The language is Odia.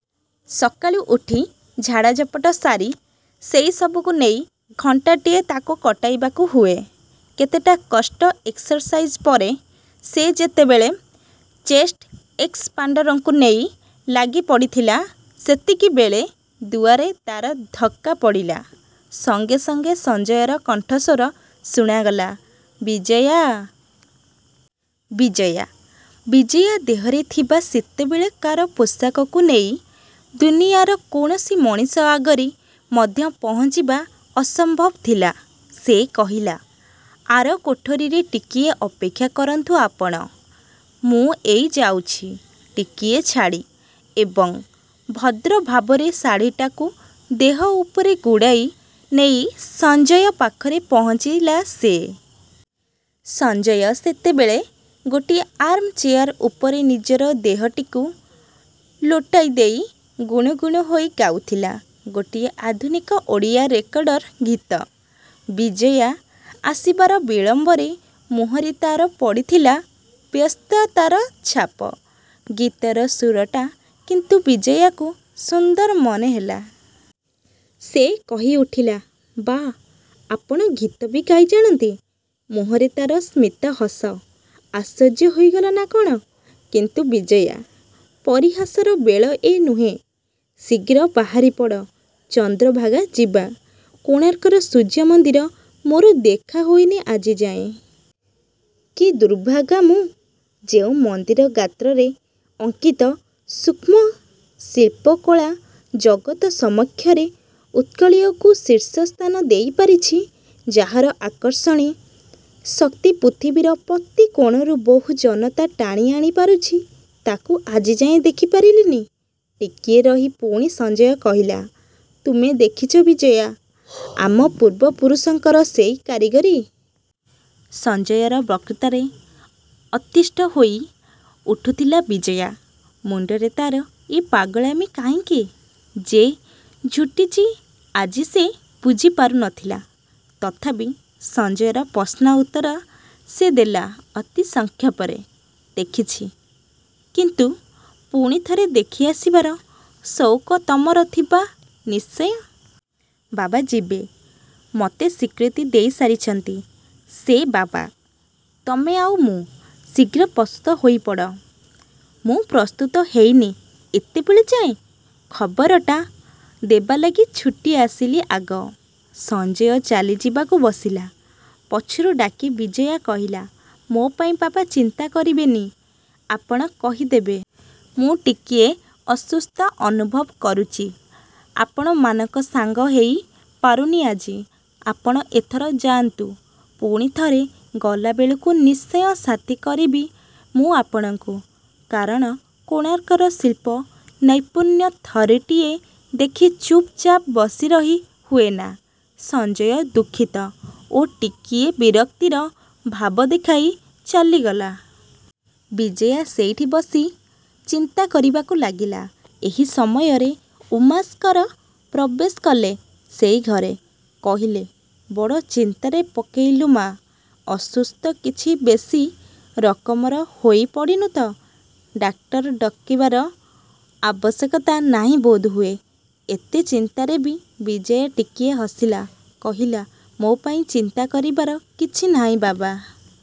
ସକାଳୁ ଉଠି ଝାଡ଼ାଝପଟ ସାରି ସେଇ ସବୁକୁ ନେଇ ଘଣ୍ଟାଟିଏ ତାକୁ କଟାଇବାକୁ ହୁଏ। କେତେଟା କଷ୍ଟ ଏକ୍ସରସାଇଜ୍ ପରେ ସେ ଯେତେବେଳେ ଚେଷ୍ଟ ଏକ୍ସପାଣ୍ତରକୁ ନେଇ ଲାଗି ପଡ଼ିଥିଲା ସେତିକିବେଳେ ଦୁଆରେ ତା'ର ଧକ୍କା ପଡ଼ିଲା ସଙ୍ଗେ ସଙ୍ଗେ ସଞ୍ଜୟର କଣ୍ଠସ୍ଵର ଶୁଣାଗଲା— "ବିଜୟା……. ବିଜୟା! '' ବିଜୟା ଦେହରେ ଥିବା ସେତେବେଳକାର ପୋଷାକକୁ ନେଇ ଦୁନିଆର କୌଣସି ମଣିଷ ଆଗରେ ମଧ୍ୟ ପହଞ୍ଚିବା ଅସମ୍ଭବ ଥିଲା। ସେ କହିଲା— "ଆର କୋଠରୀରେ ଟିକିଏ ଅପେକ୍ଷା କରନ୍ତୁ ଆପଣ। ମୁଁ ଏଇ ଯାଉଚି। '' ଟିକିଏ ଛାଡ଼ି, ଏବଂ ଭଦ୍ରଭାବରେ ଶାଢ଼ିଟାକୁ ଦେହ ଉପରେ ଗୁଡ଼େଇ ନେଇ ସଞ୍ଜୟ ପାଖରେ ପହଞ୍ଚିଲା ସେ। ସଞ୍ଜୟ ସେତେବେଳେ ଗୋଟିଏ ଆର୍ମଚେୟାର ଉପରେ ନିଜର ଦେହଟିକୁ ଲୋଟାଇ ଦେଇ ଗୁଣୁ ଗୁଣୁ ହୋଇ ଗାଉଥିଲା ଗୋଟିଏ ଆଧୁନିକ ଓଡ଼ିଆ ରେକର୍ଡ଼ର ଗୀତ। ବିଜୟା ଆସିବାର ବିଳମ୍ଵରେ ମୁହଁରେ ତା'ର ପଡ଼ିଥିଲା ବ୍ୟସ୍ତତାର ଛାପ। ଗୀତର ସୁରଟା କିନ୍ତୁ ବିଜୟାକୁ ସୁନ୍ଦର ମନେ ହେଲା। ସେ କହି ଉଠିଲା— "ବାଃ, ଆପଣ ଗୀତ ବି ଗାଇ ଜାଣନ୍ତି" ମୁହଁରେ ତା'ର ସ୍ମିତ ହସ। "ଆଶ୍ଚର୍ଯ୍ୟ ହୋଇଗଲ ନା କଣ? କିନ୍ତୁ ବିଜୟା! ପରିହାସର ବେଳ ଏ ନୁହେଁ। ଶିଘ୍ର ବାହାରି ପଡ଼। ଚନ୍ଦ୍ର ଭାଗା ଯିବା। କୋଣାର୍କର ସୂର୍ଯ୍ୟ ମନ୍ଦିର ମୋର ଦେଖା ହୋଇନି ଆଜିଯାଏ। କି ଦୁର୍ଭାଗା ମୁଁ। ଯେଉଁ ମନ୍ଦିର ଗାତ୍ରରେ ଅଙ୍କିତ ସୂକ୍ଷ୍ମ ଶିଳ୍ପକଳା ଜଗତ ସମକ୍ଷରେ ଉତ୍କଳୀୟକୁ ଶୀର୍ଷ ସ୍ଥାନ ଦେଇ ପାରିଚି, ଯାହାର ଆକର୍ଷଣୀ ଶକ୍ତି ପୃଥିବୀର ପ୍ରତି କୋଣରୁ ବହୁ ଜନତା ଟାଣି ଆଣି ପାରୁଚି ତାକୁ ଆଜିଯାଏ ଦେଖି ପାରିଲିନି। '' ଟିକିଏ ରହି ପୁଣି ସଞ୍ଜୟ କହିଲା— "ତୁମେ ଦେଖିଚ ବିଜୟା, ଆମ ପୂର୍ବ ପୁରୁଷଙ୍କର ସେଇ କାରିଗରୀ? '' ସଞ୍ଜୟର ବକୃତାରେ ଅତିଷ୍ଠ ହୋଇ ଉଠୁଥିଲା ବିଜୟା। ମୁଣ୍ତରେ ତା'ର ଏ ପାଗଳାମି କାହିଁକି ଯେ ଯୁଟିଚି ଆଜି ସେ ବୁଝିପାରୁ ନ ଥିଲା। ତଥାପି ସଞ୍ଜୟର ପ୍ରଶ୍ନର ଉତ୍ତର ସେ ଦେଲା ଅତି ସଂକ୍ଷପରେ "ଦେଖିଛି। '' "କିନ୍ତୁ ପୁଣିଥରେ ଦେଖି ଆସିବାର ସଉକ ତମର ଥିବ ନିଶ୍ଚୟ। ବାବା ଯିବେ। ମୋତେ ସ୍ଵୀକୃତି ଦେଇ ସାରିଚନ୍ତି ସେ। ବାବା, ତମେ ଆଉ ମୁଁ। ଶିଘ୍ର ପ୍ରସ୍ତୁତ ହୋଇପଡ଼। ମୁଁ ପ୍ରସ୍ତୁତ ହେଇନି ଏତେବେଳଯାଏ। ଖବରଟା ଦେବାଲାଗି ଛୁଟି। ଆସିଲି ଆଗ। '' ସଞ୍ଜୟ ଚାଲି ଯିବାକୁ ବସିଲା। ପଛରୁ ଡାକି ବିଜୟା କହିଲା—"ମୋ ପାଇଁ ବାବା ଚିନ୍ତା କରିବେ ନି ଆପଣ କହି ଦେବେ। ମୁଁ ଟିକିଏ ଅସୁସ୍ଥ ଅନୁଭବ କରୁଚି। ଆପଣମାନଙ୍କ ସାଙ୍ଗ ହେଇ ପାରୁନି ଆଜି। ଆପଣ ଏଥର ଯାଆନ୍ତୁ। ପୁଣିଥରେ ଗଲାବେଳକୁ ନିଶ୍ଚୟ ସାଥି କରିବି ମୁଁ ଆପଣଙ୍କୁ। କାରଣ କୋଣାର୍କର ଶିଳ୍ପ ନୈପୁଣ୍ୟ ଥରେଟିଏ ଦେଖି ଚୁପ ଚାପ୍ ବସିରହି ହୁଏ ନା। '' ସଞ୍ଜୟ ଦୁଃଖିତ ଓ ଟିକିଏ ବିରକ୍ତିର ଭାବ ଦେଖାଇ ଚାଲିଗଲା। ବିଜୟା ସେଇଠି ବସି ଚିନ୍ତା କରିବାକୁ ଲାଗିଲା। ଏହି ସମୟରେ ଉମାଶଙ୍କର ପ୍ରବେଶ କଲେ ସେଇ ଘରେ। କହିଲେ— "ବଡ଼ ଚିନ୍ତାରେ ପକେଇଲୁ ମା! ଅସୁସ୍ଥ କିଛି ବେଶି ରକମର ହୋଇ ପଡ଼ିନୁ ତ? ଡାକ୍ତର ଡାକିବାର ଆବଶ୍ୟକତା ନାହିଁ ବୋଧହୁଏ? '' ଏତେ ଚିନ୍ତାରେ ବି ବିଜୟା ଟିକିଏ ହସିଲା। କହିଲା "ମୋ ପାଇଁ ଚିନ୍ତା କରିବାର କିଛି ନାହିଁ ବାବା!